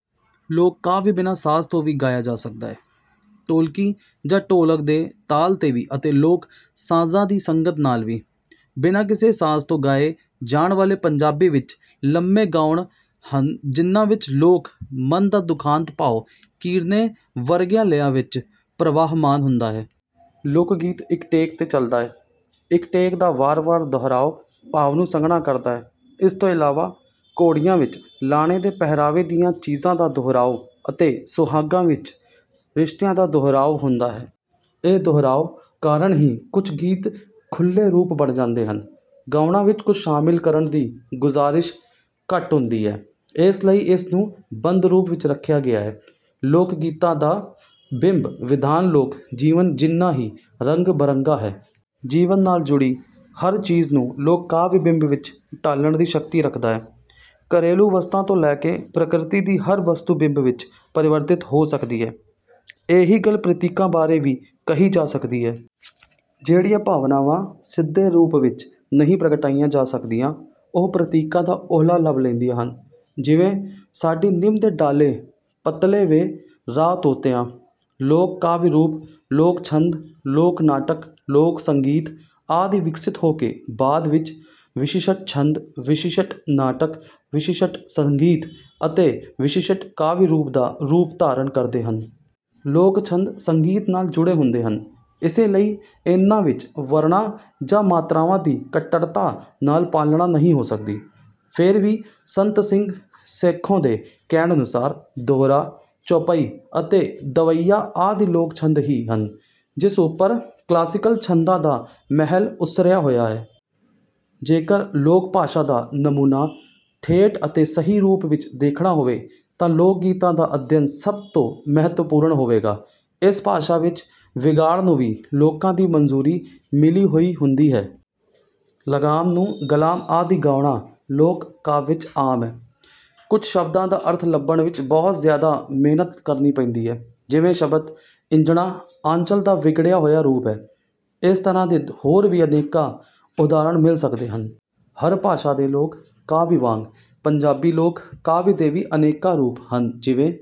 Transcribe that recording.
ਲੋਕ ਕਾਵਿ ਬਿਨਾਂ ਸਾਜ਼ ਤੋਂ ਵੀ ਗਾਇਆ ਜਾ ਸਕਦਾ ਹੈ। ਢੋਲਕੀ ਜਾਂ ਢੋਲਕ ਦੇ ਤਾਲ ਤੇ ਵੀ ਅਤੇ ਲੋਕ ਸਾਜ਼ਾਂ ਦੀ ਸੰਗਤ ਨਾਲ ਵੀ। ਬਿਨਾਂ ਕਿਸੇ ਸਾਜ਼ ਤੋਂ ਗਾਏ ਜਾਣ ਵਾਲੇ ਪੰਜਾਬੀ ਵਿੱਚ ਲੰਮੇ ਗਾਉਣ ਹਨ ਜਿਨ੍ਹਾਂ ਵਿੱਚ ਲੋਕ ਮਨ ਦਾ ਦੁਖਾਂਤ-ਭਾਵ ਕੀਰਨੇ ਵਰਗੀਆਂ ਲੈਆਂ ਵਿੱਚ ਪ੍ਰਵਾਹਮਾਨ ਹੁੰਦਾ ਹੈ। ਲੋਕ ਗੀਤ ਇੱਕ ਟੇਕ ਤੇ ਚਲਦਾ ਹੈ, ਇੱਕ ਟੇਕ ਦਾ ਵਾਰ ਵਾਰ ਦਹਰਾਉ ਭਾਵ ਨੂੰ ਸੰਘਣਾ ਕਰਦਾ ਹੈ। ਇਸ ਤੋਂ ਇਲਾਵਾ ਘੋੜੀਆਂ ਵਿੱਚ ਲਾੜੇ ਦੇ ਪਹਿਰਾਵੇ ਦੀਆਂ ਚੀਜ਼ਾਂ ਦਾ ਦੁਹਰਾਉ ਅਤੇ ਸੁਹਾਗਾਂ ਵਿੱਚ ਰਿਸ਼ਤਿਆਂ ਦਾ ਦੁਹਰਾਉ ਹੁੰਦਾ ਹੈ। ਇਹ ਦੁਹਰਾਉ ਕਾਰਣ ਹੀ ਕੁਝ ਗੀਤ ਖੁੱਲੇ ਰੂਪ ਬਣ ਜਾਂਦੇ ਹਨ। ਗਾਉਣਾਂ ਵਿੱਚ ਕੁਝ ਸ਼ਾਮਿਲ ਕਰਨ ਦੀ ਗੁੰਜ਼ਾਇਸ਼ ਘੱਟ ਹੁੰਦੀ ਹੈ। ਇਸ ਲਈ ਇਸ ਨੂੰ ਬੰਦ ਰੂਪ ਵਿੱਚ ਰੱਖਿਆ ਗਿਆ ਹੈ। ਲੋਕ ਗੀਤਾਂ ਦਾ ਬਿੰਬ ਵਿਧਾਨ ਲੋਕ ਜੀਵਨ ਜਿੰਨਾਂ ਹੀ ਰੰਗ ਬਰੰਗਾ ਹੈ। ਜੀਵਨ ਨਾਲ ਜੁੜੀ ਹਰ ਚੀਜ਼ ਨੂੰ ਲੋਕ ਕਾਵਿ ਬਿੰਬ ਵਿੱਚ ਢਾਲਣ ਦੀ ਸ਼ਕਤੀ ਰੱਖਦਾ ਹੈ। ਘਰੇਲੂ ਵਸਤਾਂ ਤੋਂ ਲੈ ਕੇ ਪ੍ਰਕਿਰਤੀ ਦੀ ਹਰ ਵਸਤੂ ਬਿੰਬ ਵਿੱਚ ਪਰਿਵਰਤਿਤ ਹੋ ਸਕਦੀ ਹੈ। ਇਹੀ ਗੱਲ ਪ੍ਰਤੀਕਾਂ ਬਾਰੇ ਵੀ ਕਹੀ ਜਾ ਸਕਦੀ ਹੈ। ਜਿਹੜੀਆਂ ਭਾਵਨਾਵਾਂ ਸਿੱਧੇ ਰੂਪ ਵਿੱਚ ਨਹੀਂ ਪ੍ਰਗਟਾਈਆਂ ਜਾ ਸਕਦੀਆਂ ਉਹ ਪ੍ਰਤੀਕਾਂ ਦਾ ਉਹਲਾ ਲੱਭ ਲੈਂਦੀਆਂ ਹਨ। ਜਿਵੇਂ, ਸਾਡੀ ਨਿੰਮ ਦੇ ਡਾਅਲ਼ੇ ਪਤਲੇ ਵੇ ਰਾਅ ਤੋਤਿਆ। ਲੋਕ ਕਾਵਿ ਰੂਪ, ਲੋਕ ਛੰਦ, ਲੋਕ ਨਾਟਕ, ਲੋਕ ਸੰਗੀਤ ਆਦਿ ਵਿਕਸਤ ਹੋ ਕੇ ਬਾਦ ਵਿੱਚ ਵਿਸ਼ਿਸ਼ਟ ਛੰਦ, ਵਿਸ਼ਿਸ਼ਟ ਨਾਟਕ, ਵਿਸ਼ਸ਼ਟ ਸੰਗੀਤ ਅਤੇ ਵਿਸ਼ਿਸ਼ਟ ਕਾਵਿ ਰੂਪ ਦਾ ਰੂਪ ਧਾਰਨ ਕਰਦੇ ਹਨ। ਲੋਕ ਛੰਦ, ਸੰਗੀਤ ਨਾਲ਼ ਜੁੜੇ ਹੁੰਦੇ ਹਨ ਇਸੇ ਲਈ ਇਨ੍ਹਾਂ ਵਿੱਚ ਵਰਣਾਂ ਜਾਂ ਮਾਤਰਾਵਾਂ ਦੀ ਕੱਟੜਤਾ ਨਾਲ ਪਾਲਣਾ ਨਹੀਂ ਹੋ ਸਕਦੀ। ਫਿਰ ਵੀ ਸੰਤ ਸਿੰਘ ਸੇਖੋਂ ਦੇ ਕਹਿਣ ਅਨੁਸਾਰ ਦੋਹਰਾ, ਚੌਪਈ ਅਤੇ ਦਵੱਈਆ ਆਦਿ ਲੋਕ ਛੰਦ ਹੀ ਹਨ ਜਿਸ ਉਪਰ ਕਲਾਸੀਕਲ ਛੰਦਾਂ ਦਾ ਮਹਿਲ ਉਸਰਿਆ ਹੋਇਆ ਹੈ। ਜੇਕਰ ਲੋਕ ਭਾਸ਼ਾ ਦਾ ਨਮੂਨਾ ਠੇਠ ਅਤੇ ਸਹੀ ਰੂਪ ਵਿੱਚ ਦੇਖਣਾ ਹੋਵੇ ਤਾਂ ਲੋਕਗੀਤਾਂ ਦਾ ਅਧਿਐਨ ਸਭ ਤੋਂ ਮਹੱਤਵਪੂਰਣ ਹੋਵੇਗਾ। ਇਸ ਭਾਸ਼ਾ ਵਿੱਚ ਵਿਗਾੜ ਨੂੰ ਵੀ ਲੋਕਾਂ ਦੀ ਮਨਜ਼ੂਰੀ ਮਿਲੀ ਹੋਈ ਹੁੰਦੀ ਹੈ। ਲਗਾਮ ਨੂੰ ਗਲਾਮ ਆਦਿ ਗਾਉਣਾ ਲੋਕ ਕਾਵਿ ਵਿੱਚ ਆਮ ਹੈ। ਕੁਝ ਸ਼ਬਦਾਂ ਦਾ ਅਰਥ ਲੱਭਣ ਵਿੱਚ ਬਹੁਤ ਜ਼ਿਆਦਾ ਮਿਹਨਤ ਕਰਨੀ ਪੈਂਦੀ ਹੈ। ਜਿਵੇਂ ਸ਼ਬਦ ਇੰਜੜਾ, ਆਂਚਲ ਦਾ ਵਿਗੜਿਆ ਹੋਇਆ ਰੂਪ ਹੈ ਇਸ ਤਰ੍ਹਾਂ ਦੇ ਹੋਰ ਵੀ ਅਨੇਕਾਂ ਉਦਾਹਰਣ ਮਿਲ ਸਕਦੇ ਹਨ। ਹਰ ਭਾਸ਼ਾ ਦੇ ਲੋਕ ਕਾਵਿ ਵਾਂਗ ਪੰਜਾਬੀ ਲੋਕ ਕਾਵਿ ਦੇ ਵੀ ਅਨੇਕਾਂ ਰੂਪ ਹਨ ਜਿਵੇਂ